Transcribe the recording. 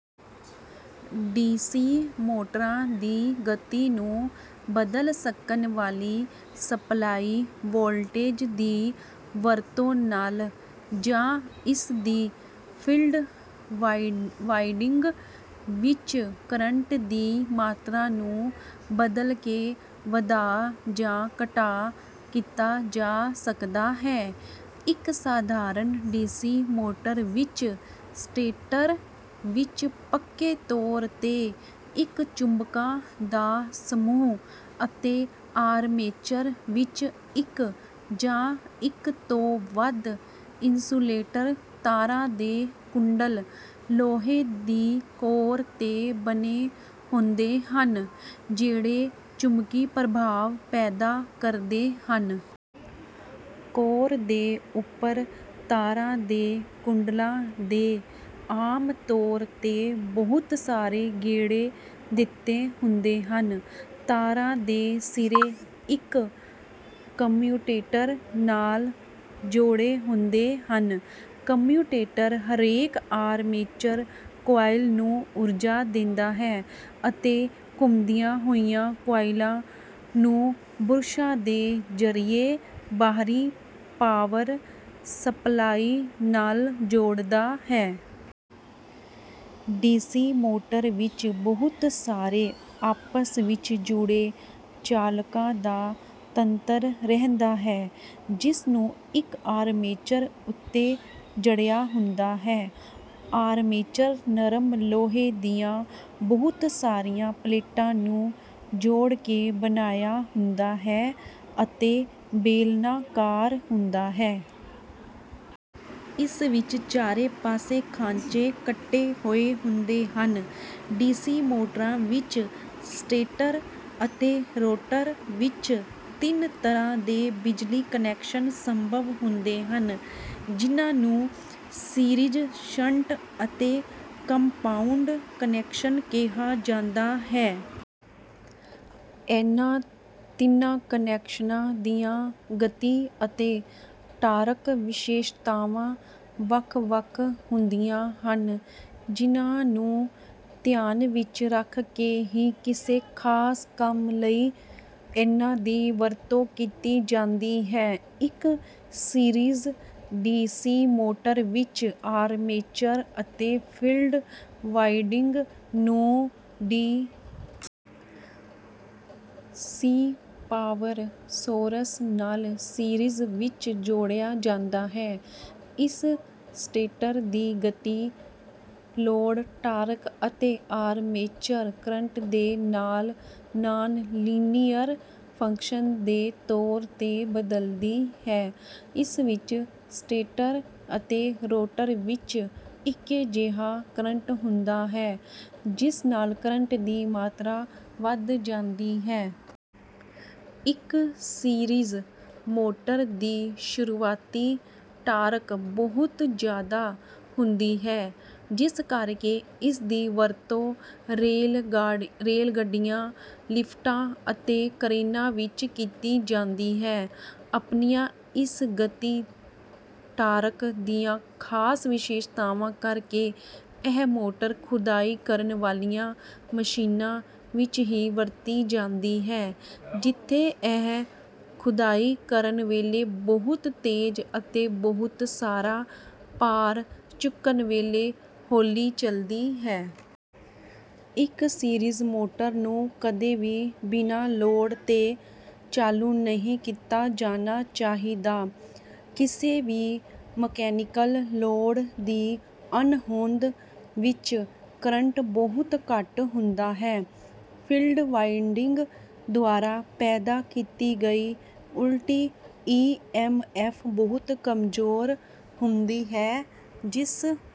D C ਮੋਟਰਾਂ ਦੀ ਗਤੀ ਨੂੰ ਬਦਲ ਸਕਣ ਵਾਲੀ ਸਪਲਾਈ ਵੋਲਟੇਜ ਦੀ ਵਰਤੋਂ ਨਾਲ ਜਾਂ ਇਸਦੀ ਫੀਲਡ ਵਾਇੰਡਿੰਗ ਵਿੱਚ ਕਰੰਟ ਦੀ ਮਾਤਰਾ ਨੂੰ ਬਦਲ ਕੇ ਵੱਧ ਜਾਂ ਘੱਟ ਕੀਤਾ ਜਾ ਸਕਦਾ ਹੈ। ਇੱਕ ਸਧਾਰਨ ਡੀ ਸੀ ਮੋਟਰ ਵਿੱਚ ਸਟੇਟਰ ਵਿੱਚ ਪੱਕੇ ਤੌਰ ਤੇ ਇੱਕ ਚੁੰਬਕਾਂ ਦਾ ਸਮੂਹ ਅਤੇ ਆਰਮੇਚਰ ਵਿੱਚ ਇੱਕ ਜਾਂ ਇੱਕ ਤੋਂ ਵੱਧ ਇੰਸੂਲੇਟਡ ਤਾਰਾਂ ਦੇ ਕੁੰਡਲ ਲੋਹੇ ਦੀ ਕੋਰ ਤੇ ਵਲੇ ਹੋਏ ਹੁੰਦੇ ਹਨ, ਜਿਹੜੇ ਚੁੰਬਕੀ ਪ੍ਰਭਾਵ ਪੈਦਾ ਕਰਦੇ ਹਨ। ਕੋਰ ਦੇ ਉੱਪਰ ਤਾਰਾਂ ਦੇ ਕੁੰਡਲਾਂ ਦੇ ਆਮ ਤੌਰ ਤੇ ਬਹੁਤ ਸਾਰੇ ਗੇੜੇ ਦਿੱਤੇ ਹੋਏ ਹੁੰਦੇ ਹਨ। ਤਾਰਾਂ ਦੇ ਸਿਰੇ ਇੱਕ ਕਮਿਊਟੇਟਰ ਨਾਲ ਜੋੜੇ ਹੋਏ ਹੁੰਦੇ ਹਨ। ਕਮਿਊਟੇਟਰ ਹਰੇਕ ਆਰਮੇਚਰ ਕੁਆਇਲ ਨੂੰ ਊਰਜਾ ਦਿੰਦਾ ਹੈ ਅਤੇ ਘੁੰਮਦੀਆਂ ਹੋਈਆਂ ਕੁਆਇਲਾਂ ਨੂੰ ਬੁਰਸ਼ਾਂ ਦੇ ਜ਼ਰੀਏ ਬਾਹਰੀ ਪਾਵਰ ਸਪਲਾਈ ਨਾਲ ਜੋੜਦਾ ਹੈ। ਡੀਸੀ ਮੋਟਰ ਵਿੱਚ ਬਹੁਤ ਸਾਰੇ ਆਪਸ ਵਿੱਚ ਜੁੜੇ ਚਾਲਕਾਂ ਦਾ ਤੰਤਰ ਰਹਿੰਦਾ ਹੈ, ਜਿਸਨੂੰ ਇੱਕ ਆਰਮੇਚਰ ਉੱਤੇ ਜੜਿਆ ਹੁੰਦਾ ਹੈ। ਆਰਮੇਚਰ, ਨਰਮ ਲੋਹੇ ਦੀਆਂ ਬਹੁਤ ਸਾਰੀਆਂ ਪਲੇਟਾਂ ਨੂੰ ਜੋੜ ਕੇ ਬਣਾਇਆ ਹੁੰਦਾ ਹੈ ਅਤੇ ਬੇਲਨਾਕਾਰ ਹੁੰਦਾ ਹੈ। ਇਸ ਵਿੱਚ ਚਾਰੇ ਪਾਸੇ ਖਾਂਚੇ ਕੱਟੇ ਹੋਏ ਹੁੰਦੇ ਹਨ। ਡੀ ਸੀ ਮੋਟਰਾਂ ਵਿੱਚ ਸਟੇਟਰ ਅਤੇ ਰੋਟਰ ਵਿੱਚ ਤਿੰਨ ਤਰ੍ਹਾਂ ਦੇ ਬਿਜਲੀ ਕਨੈਕਸ਼ਨ ਸੰਭਵ ਹੁੰਦੇ ਹਨ, ਜਿਹਨਾਂ ਨੂੰ ਸੀਰੀਜ਼, ਸ਼ੰਟ ਅਤੇ ਕੰਪਾਊਂਡ ਕਨੈਕਸ਼ਨ ਕਿਹਾ ਜਾਂਦਾ ਹੈ। ਇਹਨਾਂ ਤਿੰਨਾਂ ਕਨੈਕਸ਼ਨਾਂ ਦੀਆਂ ਗਤੀ ਅਤੇ ਟਾਰਕ ਵਿਸ਼ੇਸ਼ਤਾਵਾਂ ਵੱਖ-ਵੱਖ ਹੁੰਦੀਆਂ ਹਨ, ਜਿਹਨਾਂ ਨੂੰ ਧਿਆਨ ਵਿੱਚ ਰੱਖ ਕੇ ਹੀ ਕਿਸੇ ਖਾਸ ਕੰਮ ਲਈ ਇਹਨਾਂ ਦੀ ਵਰਤੋਂ ਕੀਤੀ ਜਾਂਦੀ ਹੈ। ਇੱਕ ਸੀਰੀਜ਼ ਡੀ ਸੀ ਮੋਟਰ ਵਿੱਚ ਆਰਮੇਚਰ ਅਤੇ ਫੀਲਡ ਵਾਇੰਡਿੰਗ ਨੂੰ ਡੀ. ਸੀ. ਪਾਵਰ ਸੋਰਸ ਨਾਲ ਸੀਰੀਜ਼ ਵਿੱਚ ਜੋੜਿਆ ਜਾਂਦਾ ਹੈ। ਇਸ ਸਟੇਟਰ ਦੀ ਗਤੀ ਲੋਡ ਟਾਰਕ ਅਤੇ ਆਰਮੇਚਰ ਕਰੰਟ ਦੇ ਨਾਲ ਨਾਨ-ਲੀਨੀਅਰ ਫੰਕਸ਼ਨ ਦੇ ਤੌਰ ਤੇ ਬਦਲਦੀ ਹੈ। ਇਸ ਵਿੱਚ ਸਟੇਟਰ ਅਤੇ ਰੋਟਰ ਵਿੱਚ ਇੱਕੋ ਜਿਹਾ ਕਰੰਟ ਹੁੰਦਾ ਹੈ ਜਿਸ ਨਾਲ ਕਰੰਟ ਦੀ ਮਾਤਰਾ ਵਧ ਜਾਂਦੀ ਹੈ। ਇੱਕ ਸੀਰੀਜ਼ ਮੋਟਰ ਦੀ ਸ਼ੁਰੂਆਤੀ ਟਾਰਕ ਬਹੁਤ ਜ਼ਿਆਦਾ ਹੁੰਦੀ ਹੈ ਜਿਸ ਕਰਕੇ ਇਸਦੀ ਵਰਤੋਂ ਰੇਲਗੱਡੀਆਂ, ਲਿਫਟਾਂ ਅਤੇ ਕਰੇਨਾਂ ਵਿੱਚ ਕੀਤੀ ਜਾਂਦੀ ਹੈ। ਆਪਣੀਆਂ ਇਸ ਗਤੀ-ਟਾਰਕ ਦੀਆਂ ਖਾਸ ਵਿਸ਼ੇਸ਼ਤਾਵਾਂ ਕਰਕੇ ਇਹ ਮੋਟਰ ਖੁਦਾਈ ਕਰਨ ਵਾਲੀਆਂ ਮਸ਼ੀਨਾਂ ਵਿੱਚ ਹੀ ਵਰਤੀ ਜਾਂਦੀ ਹੈ ਜਿੱਥੇ ਇਹ ਖੁਦਾਈ ਕਰਨ ਵੇਲੇ ਬਹੁਤ ਤੇਜ਼ ਅਤੇ ਬਹੁਤ ਸਾਰਾ ਭਾਰ ਚੁੱਕਣ ਵੇਲੇ ਹੌਲੀ ਚੱਲਦੀ ਹੈ। ਇੱਕ ਸੀਰੀਜ਼ ਮੋਟਰ ਨੂੰ ਕਦੇ ਵੀ ਬਿਨ੍ਹਾਂ ਲੋਡ ਤੋਂ ਚਾਲੂ ਨਹੀਂ ਕੀਤਾ ਜਾਣਾ ਚਾਹੀਦਾ। ਕਿਸੇ ਵੀ ਮਕੈਨੀਕਲ ਲੋਡ ਦੀ ਅਣਹੋਂਦ ਵਿੱਚ ਕਰੰਟ ਬਹੁਤ ਘੱਟ ਹੁੰਦਾ ਹੈ, ਫੀਲਡ ਵਾਇੰਡਿੰਗ ਦੁਆਰਾ ਪੈਦਾ ਕੀਤੀ ਗਈ ਉਲਟ-ਈ ਐਮ ਐਫ ਬਹੁਤ ਕਮਜ਼ੋਰ ਹੁੰਦੀ ਹੈ, ਜਿਸ...